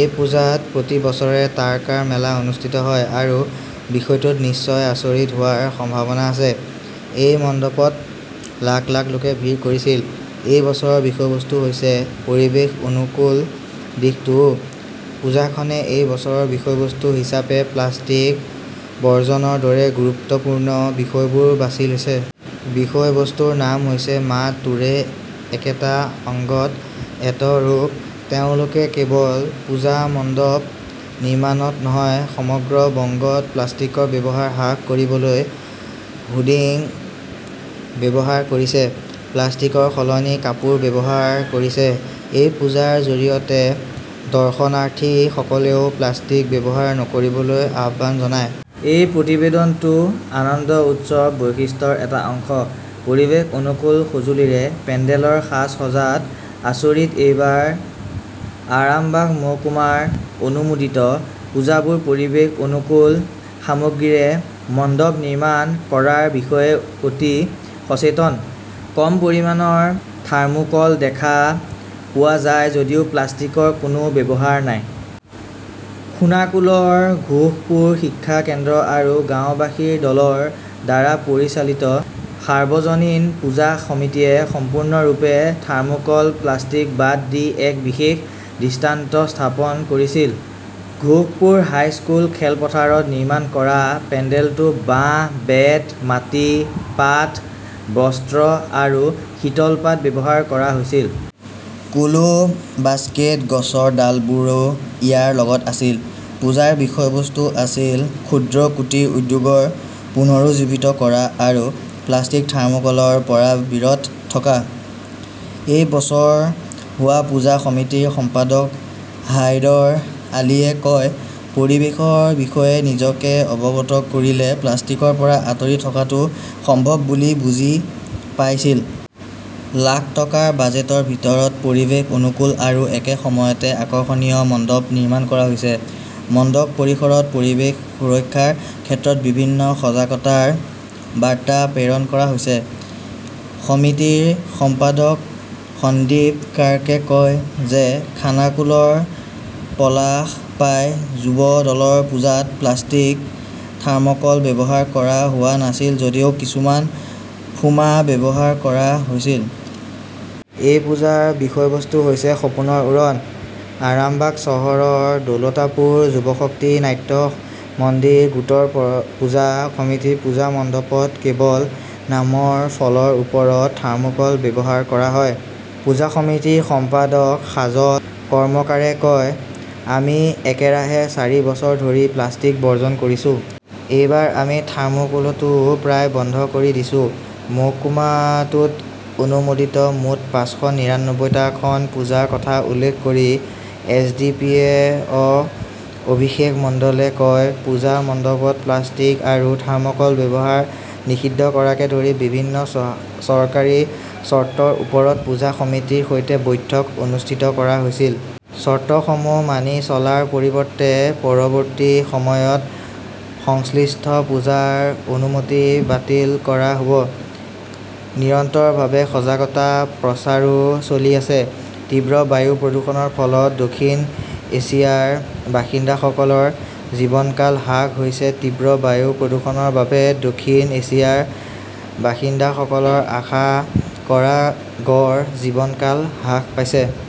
এই পূজাত প্ৰতি বছৰে তাৰকাৰ মেলা অনুষ্ঠিত হয়। আৰু বিষয়টোত নিশ্চয় আচৰিত হোৱাৰ সম্ভাৱনা আছে। এই মণ্ডপত লাখ লাখ লোকে ভিৰ কৰিছিল। এই বছৰৰ বিষয়বস্তু হৈছে পৰিৱেশ-অনুকূল দিশটোও। পূজাখনে এই বছৰৰ বিষয়বস্তু হিচাপে প্লাষ্টিক বৰ্জনৰ দৰে গুৰুত্বপূৰ্ণ বিষয়বোৰ বাছি লৈছে। বিষয়বস্তুৰ নাম হৈছে 'মা তোৰে একেটা অংগত এত ৰূপ'। তেওঁলোকে কেৱল পূজা মণ্ডপ নিৰ্মাণত নহয়, সমগ্ৰ বংগত প্লাষ্টিকৰ ব্যৱহাৰ হ্ৰাস কৰিবলৈ হোৰ্ডিং ব্যৱহাৰ কৰিছে, প্লাষ্টিকৰ সলনি কাপোৰ ব্যৱহাৰ কৰিছে। এই পূজাৰ জৰিয়তে দৰ্শনাৰ্থীসকলেও প্লাষ্টিক ব্যৱহাৰ নকৰিবলৈ আহ্বান জনায়। এই প্ৰতিবেদনটো 'আনন্দ উৎসৱ' বৈশিষ্ট্যৰ এটা অংশ। পৰিৱেশ-অনুকূল সঁজুলিৰে পেণ্ডেলৰ সাজ-সজ্জাত আচৰিত এইবাৰ আৰামবাগ মহকুমাৰ অনুমোদিত পূজাবোৰ পৰিৱেশ অনুকূল সামগ্ৰীৰে মণ্ডপ নিৰ্মাণ কৰাৰ বিষয়ে অতি সচেতন। কম পৰিমাণৰ থাৰ্মোক'ল দেখা পোৱা যায় যদিও প্লাষ্টিকৰ কোনো ব্যৱহাৰ নাই। খোনাকুলৰ ঘোষপুৰ শিক্ষা কেন্দ্ৰ আৰু গাওঁবাসীৰ দলৰ দ্বাৰা পৰিচালিত সাৰ্বজনীন পূজা সমিতিয়ে সম্পূৰ্ণৰূপে থাৰ্মোকল-প্লাষ্টিক বাদ দি এক বিশেষ দৃষ্টান্ত স্থাপন কৰিছিল। ঘোষপুৰ হাইস্কুল খেলপথাৰত নিৰ্মাণ কৰা পেণ্ডেলটো বাঁহ, বেত, মাটি, পাট, বস্ত্ৰ আৰু শীতলপাট ব্যৱহাৰ কৰা হৈছিল। কুলো, বাস্কেট, গছৰ ডালবোৰো ইয়াৰ লগত আছিল। পূজাৰ বিষয়বস্তু আছিল, 'ক্ষুদ্ৰ কুটিৰ উদ্যোগৰ পুনৰুজ্জীৱিত কৰা আৰু প্লাষ্টিক-থাৰ্মোকলৰ পৰা বিৰত থকা'। এই বছৰ হোৱা পূজা সমিতিৰ সম্পাদক হাইদৰ আলীয়ে কয়, "পৰিৱেশৰ বিষয়ে নিজকে অৱগত কৰিলে প্লাষ্টিকৰ পৰা আঁতৰি থকাটো সম্ভৱ বুলি বুজি পাইছিল। লাখ টকাৰ বাজেটৰ ভিতৰত পৰিৱেশ-অনুকূল আৰু একে সময়তে আকৰ্ষণীয় মণ্ডপ নিৰ্মাণ কৰা হৈছে।" মণ্ডপ পৰিসৰত পৰিৱেশ সুৰক্ষাৰ ক্ষেত্ৰত বিভিন্ন সজাগতাৰ বাৰ্তা প্ৰেৰণ কৰা হৈছে। সমিতিৰ সম্পাদক সন্দীপ কাৰ্কে কয় যে খানাকুলৰ পলাশপাই যুৱ দলৰ পূজাত প্লাষ্টিক, থাৰ্মোকল ব্যৱহাৰ কৰা হোৱা নাছিল যদিও কিছুমান ফোমা ব্যৱহাৰ কৰা হৈছিল। এই পূজাৰ বিষয়বস্তু হৈছে 'সপোনৰ উৰণ'। আৰামবাগ চহৰৰ দৌলতাপুৰ যুৱশক্তি নাট্য মন্দিৰ গোটৰ পূজা সমিতিৰ পূজা মণ্ডপত কেৱল নামৰ ফলৰ ওপৰত থাৰ্মোক'ল ব্যৱহাৰ কৰা হয়। পূজা সমিতিৰ সম্পাদক সাজল কৰ্মকাৰে কয়, "আমি একেৰাহে চাৰি বছৰ ধৰি প্লাষ্টিক বৰ্জন কৰিছো। এইবাৰ আমি থাৰ্মোকোলটোও প্ৰায় বন্ধ কৰি দিছো। মহকুমাটোত অনুমোদিত মুঠ পাঁচশ নিৰানব্বৈটা খন পূজাৰ কথা উল্লেখ কৰি এছ.ডি.পি.অ'. অভিষেক মণ্ডলে কয়, পূজা মণ্ডপত প্লাষ্টিক আৰু থাৰ্ম'কল ব্যৱহাৰ নিষিদ্ধ কৰাকে ধৰি বিভিন্ন চৰকাৰী চৰ্তৰ ওপৰত পূজা সমিতিৰ সৈতে বৈঠক অনুষ্ঠিত কৰা হৈছিল। চৰ্তসমূহ মানি চলাৰ পৰিৱৰ্তে পৰৱৰ্তী সময়ত সংশ্লিষ্ট পূজাৰ অনুমতি বাতিল কৰা হ'ব। নিৰন্তৰভাৱে সজাগতা প্ৰচাৰো চলি আছে। তীব্ৰ বায়ু প্ৰদূষণৰ ফলত দক্ষিণ এছিয়াৰ বাসিন্দাসকলৰ 'জীৱনকাল হ্ৰাস' হৈছে তীব্ৰ বায়ু প্ৰদূষণৰ বাবে দক্ষিণ এছিয়াৰ বাসিন্দাসকলৰ আশা কৰা গড় জীৱনকাল হ্ৰাস পাইছে।